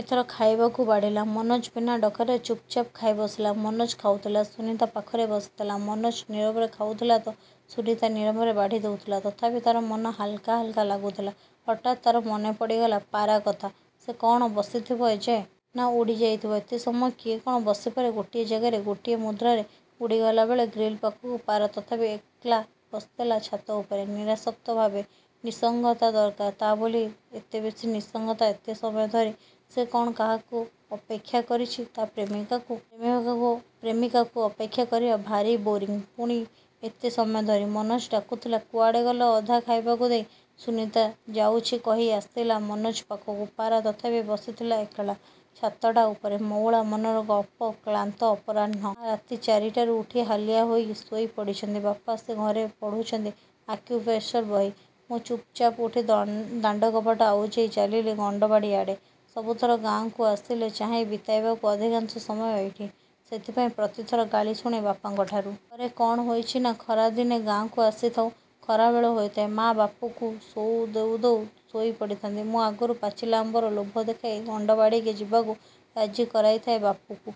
ଏଥର ଖାଇବାକୁ ବାଢ଼ିଲା। ମନୋଜ ବିନା ଡକରାରେ ଚୁପ୍ଚାପ୍ ଖାଇବସିଲା। ମନୋଜ ଖାଉଥିଲା। ସୁନୀତା ପାଖରେ ବସିଥିଲା। ମନୋଜ ନୀରବରେ ଖାଉଥିଲାତ ସୁନୀତା ନୀରବରେ ବାଢ଼ି ଦେଉଥିଲା। ତଥାପି ତା'ର ମନ ହାଲ୍କା ହାଲ୍କା ଲାଗୁଥିଲା। ହଠାତ୍ ତା'ର ମନେପଡ଼ିଗଲା ପାରା କଥା। ସେ କ'ଣ ବସିଥିବ ଏଯାଏ। ନା.. ଉଡ଼ି ଯାଇଥିବ। ଏତେ ସମୟ କିଏ କ'ଣ ବସିପାରେ ଗୋଟିଏ ଯାଗାରେ। ଗୋଟିଏ ମୁଦ୍ରାରେ। ଦଉଡ଼ିଗଲା ଗ୍ରୀଲ୍ ପାଖକୁ। ପାରା ତଥାପି ଏକ୍ଲା ବସିଥିଲା ଛାତ ଉପରେ। ନିରାଶକ୍ତ ଭାବେ। ନିସଙ୍ଗତା ଦରକାର। ତା'ବୋଲି ଏତେବେଶୀ ନିସଙ୍ଗତା ଏତେ ସମୟଧରି। ସେ କ'ଣ ଅପେକ୍ଷା କରିଛି ତା' ପ୍ରେମିକାକୁ? ପ୍ରେମିକାକୁ ଅପେକ୍ଷା କରିବା ଭାରି ବୋରିଂ। ପୁଣି ଏତେ ସମୟ ଧରି। ମନୋଜ ଡାକୁଥିଲା-''କୁଆଡ଼େ ଗଲ ଅଧା ଖାଇବାକୁ ଦେଇ। '' ସୁନୀତା ''ଯାଉଛି' କହି ଆସିଲା ମନୋଜ ପାଖକୁ। ପାରା ତଥାପି ବିସିଥିଲା। ଏକ୍ଲା। ଛାତଟା ଉପରେ। '' ମଉଳା ମନର ଗପ କ୍ଳାନ୍ତ ଅପରାହ୍ନ। ମା' ରାତି ଚାରିଟାରୁ ଉଠି ହାଲିଆ ହୋଇ ଶୋଇ ପଡ଼ିଛନ୍ତି। ବାପା ସେ ଘରେ ପଢ଼ୁଛନ୍ତି ଆକ୍ୟୁପ୍ରେସର ବହି। ମୁଁ ଚୁପ୍ଚାପ୍ ଉଠି ଦାଣ୍ଡକବାଟ ଆଉଜେଇ ଚାଲିଲି ଗଣ୍ଡବାଡ଼ି ଆଡ଼େ। ସବୁଥର ଗାଁକୁ ଆସିଲେ ଚାହେଁ ବିତାଇବାକୁ ଅଧିକାଂଶ ସମୟ ଏଇଠି। ସେଇଥିପାଇଁ ପ୍ରତିଥର ଗାଳି ଶୁଣେ ବାପାଙ୍କଠାରୁ। ଥରେ କ'ଣ ହୋଇଛି ନା ଖରାଦନେ ଗାଁକୁ ଆସିଥାଉ। ଖରାବେଳ ହୋଇଥାଏ। ମା'ବାପୁକୁ ଶୋଇ ଦେଉ ଦେଉ ଶୋଇ ପଡ଼ିଥାନ୍ତି। ମୁଁ ଆଗରୁ ପାଚିଲା ଆମ୍ବର ଲୋଭ ଦେଖାଇ ଗଣ୍ଡବାଡ଼ିକି ଯିବାକୁ ରାଜି କରାଇଥାଏ ବାପୁକୁ।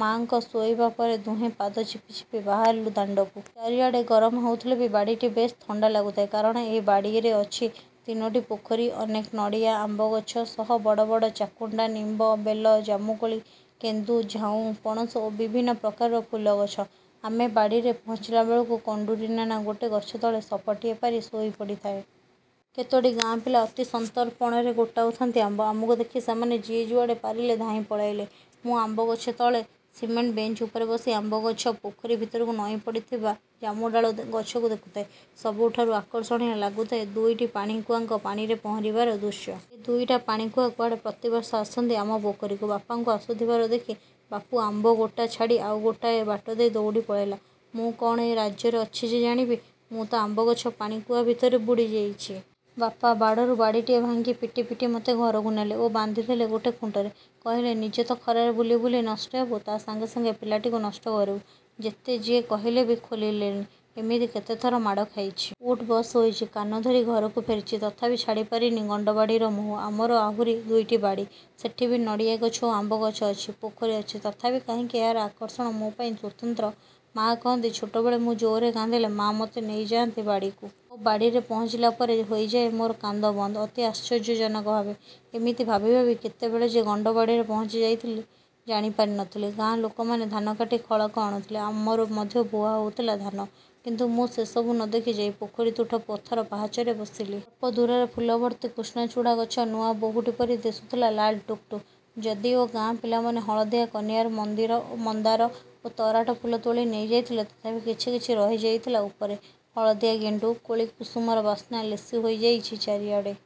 ମା'ଙ୍କ ଶୋଇବା ପରେ ଦୁହେଁ ପାଦ ଚିପିଚିପି ବାହାରିଲୁ ଦାଣ୍ଡକୁ। ଚାରିଆଡ଼େ ଗରମ ହେଉଥିଲେ ବି ବାଡ଼ିଟି ବେଶ୍ ଥଣ୍ଡା ଲାଗୁଥାଏ। କାରଣ ଏହି ବାଡ଼ିରେ ଅଛି ତିନୋଟି ପୋଖରୀ, ଅନେକ ନଡ଼ିଆ, ଆମ୍ବଗଛ ସହ ବଡ଼ ବଡ଼ ଚାକୁଣ୍ଡା, ନୀମ୍ବ, ବେଲ, ଜାମୁକୋଳି, କେନ୍ଦୁ, ଝାଉଁ, ପଣସ ଓ ବଭିନ୍ନ ପ୍ରକାରର ଫୁଲଗଛ। ଆମେ ବାଡ଼ିରେ ପହଞ୍ଚିଲାବେଳକୁ କଣ୍ଡୁରୀ ନାନା ଗୋଟେ ଗଛତଳେ ସପଟିଏ ପାରି ଶୋଇପଡ଼ିଥାଏ। କେତୋଟି ଗାଁ ପିଲା ଅତି ସନ୍ତର୍ପଣରେ ଗୋଟାଉଥାନ୍ତି ଆମ୍ବ। ଆମକୁ ଦେଖି ସେମାନେ ଯିଏ ଯୁଆଡ଼େ ପାରିଲେ ଧାଇଁ ପଳେଇଲେ। ମୁଁ ଆମ୍ବଗଛ ତଳ ସିମେଣ୍ଟ ବେଞ୍ଚ ଉପରେ ବସି ଆମ୍ବଗଛ ପୋଖରୀ ଭିତରକୁ ନଇଁ ପଡ଼ିଥିବା ଜାମୁଡାଳ ଗଛକୁ ଦେଖୁଥାଏ। ସବୁଠାରୁ ଆକର୍ଷଣୀୟ ଲାଗୁଥାଏ ଦୁଇଟି ପାଣିକୁଆଙ୍କ ପାଣିରେ ପହଁରିବା ଦୃଶ୍ୟ। ଏ ଦୁଇଟି ପାଣିକୁଆ କୁଆଡ଼େ ପ୍ରତିବର୍ଷ ଆସନ୍ତି ଆମ ପୋଖରୀକୁ। ବାପାଙ୍କୁ ଆସୁଥିବାର ଦେଖି ବାପୁ ଆମ୍ବ ଗୋଟା ଛାଡ଼ି ଆଉ ଗୋଟାଏ ବାଟଦେଇ ଦଉଡ଼ି ପଳାଇଲା। ମୁଁ କ'ଣ ଏ ରାଜ୍ୟରେ ଅଛି ଯେ ଜାଣିବି। ମୁଁ ତ ଆମ୍ବଗଛ, ପାଣିକୁଆ ଭିତରେ ବୁଡ଼ିଯାଇଛି। ବାପା। ବାଡ଼ରୁ ବାଡ଼ିଟିଏ ଭାଙ୍ଗି ପିଟି ପିଟି ମୋତେ ଘରକୁ ନେଲେ ଏବଂ ବାନ୍ଧିଦେଲେ ଗୋଟେ ଖୁଣ୍ଟରେ। କହିଲେ, ନିଜେ ତ ଖରାରେ ବୁଲି ବୁଲି ନଷ୍ଟ ହେବୁ ତା' ସାଙ୍ଗେ ସାଙ୍ଗେ ପିଲାଟିକୁ ନଷ୍ଟ କରିବୁ। ଯେତେ ଯିଏ କହିଲେ ବି ଖୋଲିଲେନି। ଏମିତି କେତେଥର ମାଡ଼ ଖାଇଛି। ଉଠ୍ ବସ୍ ହୋଇଛି। କାନଧରି ଘରକୁ ଫେରିଛି-। ତଥାପି ଛାଡ଼ିପାରିନି ଗଣ୍ଡବାଡ଼ିର ମୋହ। ଆମର ଆହୁରି ଦୁଇଟି ବାଡ଼ି, ସେଠି ବି ନଡ଼ିଆଗଛ ଓ ଆମ୍ବଗଛ ଅଛି। ପୋଖରି ଅଛି। ତଥାପି କାହିଁକି ଏହାର ଆକର୍ଷଣ ମୋ'ପାଇଁ ସ୍ୱତନ୍ତ୍ର। ମା' କହନ୍ତି, ଛୋଟବେଳେ ମୁଁ ଜୋରରେ କାନ୍ଦିଲେ ମା' ମୋତେ ନେଇଯାଆନ୍ତି ବାଡ଼ିକୁ। ଆଉ ବାଡ଼ିରେ ପହଞ୍ଚିଲା ପରେ ହୋଇଯାଏ ମୋର କାନ୍ଦ ବନ୍ଦ ଅତି ଆଶ୍ଚର୍ଯ୍ୟଜନକ ଭାବେ। ଏମିତି ଭାବି ଭାବି କେତେବେଳେ ଯେ ଗଣ୍ଡବାଡ଼ିରେ ପହଞ୍ଚି ଯାଇଥିଲା ଜାଣିପାରିନଥିଲି। ଗାଁ ଲୋକମାନେ ଧାନ କାଟି ଖଳାକୁ ଆଣୁଥିଲେ। ଆମର ମଧ୍ୟ ବୁହା ହେଉଥିଲା ଧାନ। କିନ୍ତୁ ମୁଁ ସେସବୁ ନ ଦେଖି, ଯାଇ ପୋଖରୀ ତୁଠ ପଥର ପାହାଚରେ ବସିଲି। ଅଳ୍ପ ଦୂରରେ ଫୁଲଭର୍ତ୍ତି କୃଷ୍ଣଚୂଡ଼ା ଗଛ ନୂଆ ବୋହୂଟି ପରି ଦିଶୁଥିଲା ଲାଲ୍ ଟୁକ୍ଟୁକ୍। ଯଦିଓ ଗାଁ ପିଲାମାନେ ହଳଦିଆ କନିଅର, ମନ୍ଦାର ଓ ତରାଟ ଫୁଲ ତୋଳି ନେଇଯାଇଥିଲେ, ତଥାପି କିଛି କିଛି ରହିଯାଇଥିଲା ଉପରେ। ହଳଦିଆ ଗେଣ୍ଡୁ, କେଳିକୁଷୁମର ବାସ୍ନା ଲେସି ହୋଇଛି ଚାରିଆଡ଼େ-।